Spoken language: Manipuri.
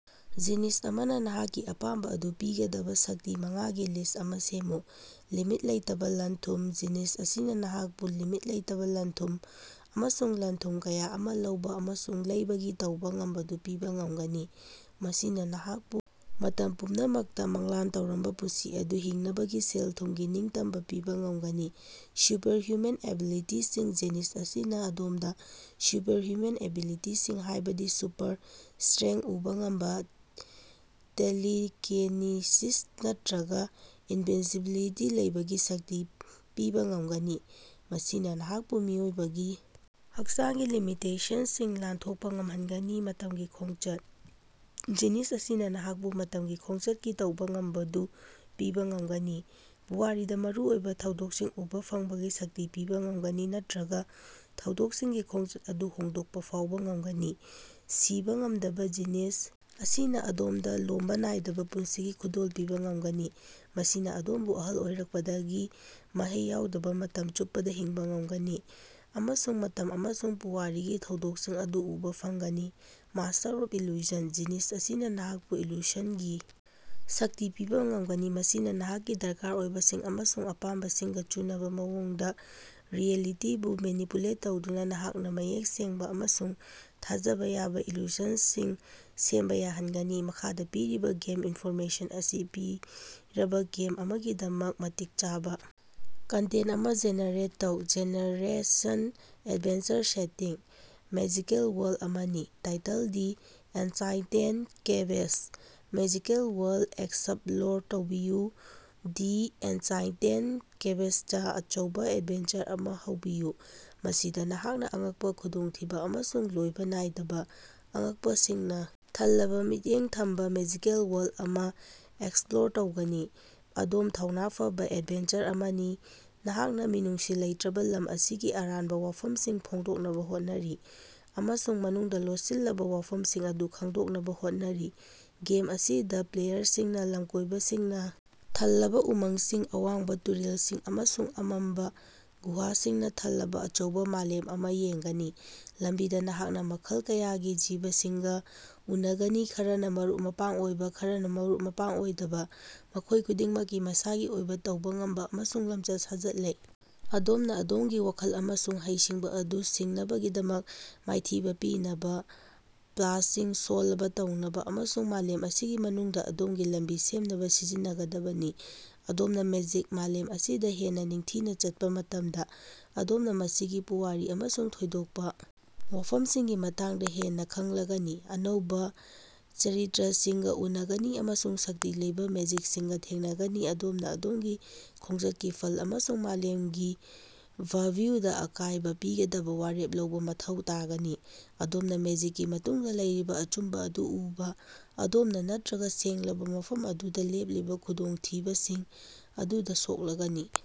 ꯖꯤꯅꯤꯁ ꯑꯃꯅ ꯅꯍꯥꯛꯀꯤ ꯑꯄꯥꯝꯕ ꯑꯗꯨ ꯄꯤꯒꯗꯕ ꯁꯛꯇꯤ ꯃꯉꯥꯒꯤ ꯂꯤꯁ꯭ꯠ ꯑꯃ ꯁꯦꯝꯃꯨ꯫ ꯂꯤꯃꯤꯠ ꯂꯩꯇꯕ ꯂꯟ-ꯊꯨꯝ: ꯖꯤꯅꯤꯁ ꯑꯁꯤꯅ ꯅꯍꯥꯛꯄꯨ ꯂꯤꯃꯤꯠ ꯂꯩꯇꯕ ꯂꯟ-ꯊꯨꯝ ꯑꯃꯁꯨꯡ ꯂꯟ-ꯊꯨꯝ ꯀꯌꯥ ꯑꯃ ꯂꯧꯕ ꯑꯃꯁꯨꯡ ꯂꯩꯕꯒꯤ ꯇꯧꯕ ꯉꯝꯕꯗꯨ ꯄꯤꯕ ꯉꯝꯒꯅꯤ꯫ ꯃꯁꯤꯅ ꯅꯍꯥꯛꯄꯨ ꯃꯇꯝ ꯄꯨꯝꯅꯃꯛꯇ ꯃꯪꯂꯥꯟ ꯇꯧꯔꯝꯕ ꯄꯨꯟꯁꯤ ꯑꯗꯨ ꯍꯤꯡꯅꯕꯒꯤ ꯁꯦꯜ-ꯊꯨꯝꯒꯤ ꯅꯤꯡꯇꯝꯕ ꯄꯤꯕ ꯉꯝꯒꯅꯤ꯫ ꯁꯨꯄꯔꯍꯌ꯭ꯨꯃꯦꯟ ꯑꯦꯕꯤꯂꯤꯇꯤꯁꯤꯡ ꯖꯤꯅꯤꯁ ꯑꯁꯤꯅ ꯑꯗꯣꯝꯗ ꯁꯨꯄꯔꯍ꯭ꯌꯨꯃꯦꯟ ꯑꯦꯕꯤꯂꯤꯇꯤꯁꯤꯡ ꯍꯥꯏꯕꯗꯤ ꯁꯨꯄꯔ ꯁ꯭ꯇꯔꯦꯡꯊ, ꯎꯕ ꯉꯝꯕ, ꯇꯦꯂꯤꯀꯤꯅꯦꯁꯤꯁ ꯅꯠꯇ꯭ꯔꯒ ꯏꯅꯚꯤꯟꯁꯤꯕꯤꯂꯤꯇꯤ ꯂꯩꯕꯒꯤ ꯁꯛꯇꯤ ꯄꯤꯕ ꯉꯝꯒꯅꯤ꯫ ꯃꯁꯤꯅ ꯅꯍꯥꯛꯄꯨ ꯃꯤꯑꯣꯏꯕꯒꯤ ꯍꯛꯆꯥꯡꯒꯤ ꯂꯤꯃꯤꯇꯦꯁꯟꯁꯤꯡ ꯂꯥꯟꯊꯣꯛꯄ ꯉꯝꯍꯟꯒꯅꯤ꯫ ꯃꯇꯝꯒꯤ ꯈꯣꯡꯆꯠ: ꯖꯤꯅꯤꯁ ꯑꯁꯤꯅ ꯅꯍꯥꯛꯄꯨ ꯃꯇꯝꯒꯤ ꯈꯣꯡꯆꯠꯀꯤ ꯇꯧꯕ ꯉꯝꯕꯗꯨ ꯄꯤꯕꯥ ꯉꯝꯒꯅꯤ꯫ ꯄꯨꯋꯥꯔꯤꯗ ꯃꯔꯨꯑꯣꯏꯕ ꯊꯧꯗꯣꯛꯁꯤꯡ ꯎꯕ ꯐꯪꯕꯒꯤ ꯁꯛꯇꯤ ꯄꯤꯕ ꯉꯝꯒꯅꯤ ꯅꯠꯇ꯭ꯔꯒ ꯊꯧꯗꯣꯛꯁꯤꯡꯒꯤ ꯈꯣꯡꯆꯠ ꯑꯗꯨ ꯍꯣꯡꯗꯣꯛꯄ ꯐꯥꯎꯕ ꯉꯝꯒꯅꯤ꯫ ꯁꯤꯕ ꯉꯝꯗꯕ: ꯖꯤꯅꯤꯁ ꯑꯁꯤꯅ ꯑꯗꯣꯝꯗ ꯂꯣꯝꯕ ꯅꯥꯏꯗꯕ ꯄꯨꯟꯁꯤꯒꯤ ꯈꯨꯗꯣꯜ ꯄꯤꯕ ꯉꯝꯒꯅꯤ꯫ ꯃꯁꯤꯅ ꯑꯗꯣꯝꯕꯨ ꯑꯍꯜ ꯑꯣꯏꯔꯛꯄꯒꯤ ꯃꯍꯩ ꯌꯥꯎꯗꯅ ꯃꯇꯝ ꯆꯨꯞꯄꯗ ꯍꯤꯡꯕ ꯉꯝꯒꯅꯤ꯫ ꯑꯃꯁꯨꯡ ꯃꯇꯝ ꯑꯃꯁꯨꯡ ꯄꯨꯋꯥꯔꯤꯒꯤ ꯊꯧꯗꯣꯛꯁꯤꯡ ꯑꯗꯨ ꯎꯕ ꯐꯪꯒꯅꯤ꯫ ꯃꯥꯁ꯭ꯇꯔ ꯑꯣꯐ ꯏꯜꯂꯨꯁꯟ: ꯖꯤꯅꯤꯁ ꯑꯁꯤꯅ ꯅꯍꯥꯛꯄꯨ ꯏꯜꯂꯨꯁꯟꯒꯤ ꯁꯛꯇꯤ ꯄꯤꯕ ꯉꯝꯒꯅꯤ꯫ ꯃꯁꯤꯅ ꯅꯍꯥꯛꯀꯤ ꯗꯔꯀꯥꯔ ꯑꯣꯏꯕꯁꯤꯡ ꯑꯃꯁꯨꯡ ꯑꯄꯥꯝꯕꯁꯤꯡꯒ ꯆꯨꯅꯕ ꯃꯑꯣꯡꯗ ꯔꯤꯑꯦꯂꯤꯇꯤꯕꯨ ꯃꯦꯅꯤꯄꯨꯂꯦꯠ ꯇꯧꯗꯨꯅ ꯅꯍꯥꯛꯅ ꯃꯌꯦꯛ ꯁꯦꯡꯕ ꯑꯃꯁꯨꯡ ꯊꯥꯖꯕꯥ ꯌꯥꯕꯥ ꯏꯜꯂꯨꯁꯟꯁꯤꯡ ꯁꯦꯝꯕ ꯌꯥꯍꯟꯒꯅꯤ꯫ ꯃꯈꯥꯗ ꯄꯤꯔꯤꯕ ꯒꯦꯝ ꯏꯟꯐꯣꯔꯃꯦꯁꯟ ꯑꯁꯤ ꯄꯤꯔꯕ ꯒꯦꯝ ꯑꯃꯒꯤꯗꯃꯛ ꯃꯇꯤꯛ ꯆꯥꯕ ꯀꯟꯇꯦꯟꯇ ꯑꯃ ꯖꯦꯅꯦꯔꯦꯠ ꯇꯧ꯫ Generation: adventure setting: magical world ꯑꯃꯅꯤ꯫ Title the enchanted quest: magical world explore ꯇꯧꯕꯤꯌꯨ ꯗꯤ ꯑꯦꯟꯆꯥꯏꯟꯇꯦꯗ ꯀ꯭ꯕꯦꯁ꯭ꯇꯇꯥ ꯑꯆꯧꯕ ꯑꯦꯗꯚꯦꯟꯆꯔ ꯑꯃ ꯍꯧꯕꯤꯌꯨ꯫ ꯃꯁꯤꯗ ꯅꯍꯥꯛꯅ ꯑꯉꯛꯄ ꯈꯨꯗꯣꯡꯊꯤꯕ ꯑꯃꯁꯨꯡ ꯂꯣꯏꯕ ꯅꯥꯏꯗꯕ ꯑꯉꯛꯄꯁꯤꯡꯅ ꯊꯜꯂꯕ ꯃꯤꯠꯌꯦꯡ ꯊꯝꯕ ꯃꯦꯖꯤꯀꯦꯜ ꯋꯥꯔꯜꯗ ꯑꯃ ꯑꯦꯛꯁꯞ꯭ꯂꯣꯔ ꯇꯧꯒꯅꯤ꯫ ꯑꯗꯣꯝ ꯊꯧꯅꯥ ꯐꯕ ꯑꯦꯗꯚꯦꯟꯆꯔ ꯑꯃꯅꯤ꯫ ꯅꯍꯥꯛꯅ ꯃꯤꯅꯨꯡꯁꯤ ꯂꯩꯇ꯭ꯔꯕ ꯂꯝ ꯑꯁꯤꯒꯤ ꯑꯔꯥꯟꯕ ꯋꯥꯐꯝꯁꯤꯡ ꯐꯣꯡꯗꯣꯛꯅꯕ ꯍꯣꯠꯅꯔꯤ꯫ ꯑꯃꯁꯨꯡ ꯃꯅꯨꯡꯗ ꯂꯣꯠꯁꯤꯜꯂꯕ ꯋꯥꯐꯝꯁꯤꯡ ꯑꯗꯨ ꯈꯪꯗꯣꯛꯅꯕ ꯍꯣꯠꯅꯔꯤ꯫ ꯒꯦꯝ ꯑꯁꯤꯗ ꯄ꯭ꯂꯦꯌꯔꯁꯤꯡꯅ ꯂꯝꯀꯣꯏꯕꯁꯤꯡꯅ ꯊꯜꯂꯕ ꯎꯃꯪꯁꯤꯡ, ꯑꯋꯥꯡꯕꯥ ꯇꯨꯔꯦꯜꯁꯤꯡ ꯑꯃꯁꯨꯡ ꯑꯃꯝꯕ ꯒꯨꯍꯥꯁꯤꯡꯅ ꯊꯜꯂꯕ ꯑꯆꯧꯕ ꯃꯥꯂꯦꯝ ꯑꯃ ꯌꯦꯡꯒꯅꯤ꯫ ꯂꯝꯕꯤꯗ ꯅꯍꯥꯛꯅ ꯃꯈꯜ ꯀꯌꯥꯒꯤ ꯖꯤꯕꯁꯤꯡꯒ ꯎꯅꯒꯅꯤ ꯈꯔꯅ ꯃꯔꯨꯞ-ꯃꯄꯥꯡ ꯑꯣꯏꯕ ꯈꯔꯅ ꯃꯔꯨꯞ-ꯃꯄꯥꯡ ꯑꯣꯏꯗꯕ ꯃꯈꯣꯏ ꯈꯨꯗꯤꯡꯃꯛꯀꯤ ꯃꯁꯥꯒꯤ ꯑꯣꯏꯕ ꯇꯧꯕ ꯉꯝꯕ ꯑꯃꯁꯨꯡ ꯂꯝꯆꯠ-ꯁꯥꯖꯠ ꯂꯩ꯫ ꯑꯗꯣꯝꯅ ꯑꯗꯣꯝꯒꯤ ꯋꯥꯈꯜ ꯑꯃꯁꯨꯡ ꯍꯩꯁꯤꯡꯕꯥ ꯑꯗꯨ ꯁꯤꯡꯅꯕꯁꯤꯡ ꯃꯥꯏꯊꯤꯕ ꯄꯤꯅꯕ ꯄꯥꯖꯂꯁꯤꯡ ꯁꯣꯜꯕ ꯇꯧꯅꯕ ꯑꯃꯁꯨꯡ ꯃꯥꯂꯦꯝ ꯑꯁꯤꯒꯤ ꯃꯅꯨꯡꯗ ꯑꯗꯣꯝꯒꯤ ꯂꯝꯕꯤ ꯁꯦꯝꯅꯕ ꯁꯤꯖꯤꯟꯅꯒꯗꯕꯅꯤ꯫ ꯑꯗꯣꯝꯅ ꯃꯦꯖꯤꯛ ꯃꯥꯂꯦꯝ ꯑꯁꯤꯗ ꯍꯦꯟꯅ ꯅꯤꯡꯊꯤꯅ ꯆꯠꯄ ꯃꯇꯝꯗ ꯑꯗꯣꯝꯅ ꯃꯁꯤꯒꯤ ꯄꯨꯋꯥꯔꯤ ꯑꯃꯁꯨꯡ ꯊꯣꯏꯗꯣꯛꯄ ꯋꯥꯐꯝꯁꯤꯡꯒꯤ ꯃꯇꯥꯡꯗ ꯍꯦꯟꯅ ꯈꯪꯂꯒꯅꯤ꯫ ꯑꯅꯧꯕ ꯆꯦꯛꯔꯤꯇꯔꯁꯤꯡꯒ ꯎꯅꯒꯅꯤ ꯑꯃꯁꯨꯡ ꯁꯛꯇꯤ ꯂꯩꯕ ꯃꯦꯖꯤꯛꯁꯤꯡꯒ ꯊꯦꯡꯅꯒꯅꯤ꯫ ꯑꯗꯣꯝꯅ ꯑꯗꯣꯝꯒꯤ ꯈꯣꯡꯆꯠꯀꯤ ꯐꯜ ꯑꯃꯁꯨꯡ ꯃꯥꯂꯦꯝꯒꯤ ꯚꯥꯒ꯭ꯌꯨꯗ ꯑꯀꯥꯏꯕ ꯄꯤꯒꯗꯕ ꯋꯥꯔꯦꯞ ꯂꯧꯕ ꯃꯊꯧ ꯇꯥꯒꯅꯤ꯫ ꯑꯗꯣꯝꯅ ꯃꯦꯖꯤꯛꯀꯤ ꯃꯇꯨꯡꯗ ꯂꯩꯔꯤꯕ ꯑꯆꯨꯝꯕ ꯑꯗꯨ ꯎꯕ ꯑꯗꯣꯝꯅ ꯅꯠꯇ꯭ꯔꯒ ꯁꯦꯡꯂꯕ ꯃꯐꯝ ꯑꯗꯨꯗ ꯂꯦꯞꯂꯤꯕ ꯈꯨꯗꯣꯡꯊꯤꯕꯁꯤꯡ ꯑꯗꯨꯗ ꯁꯣꯛꯂꯒꯅꯤ꯫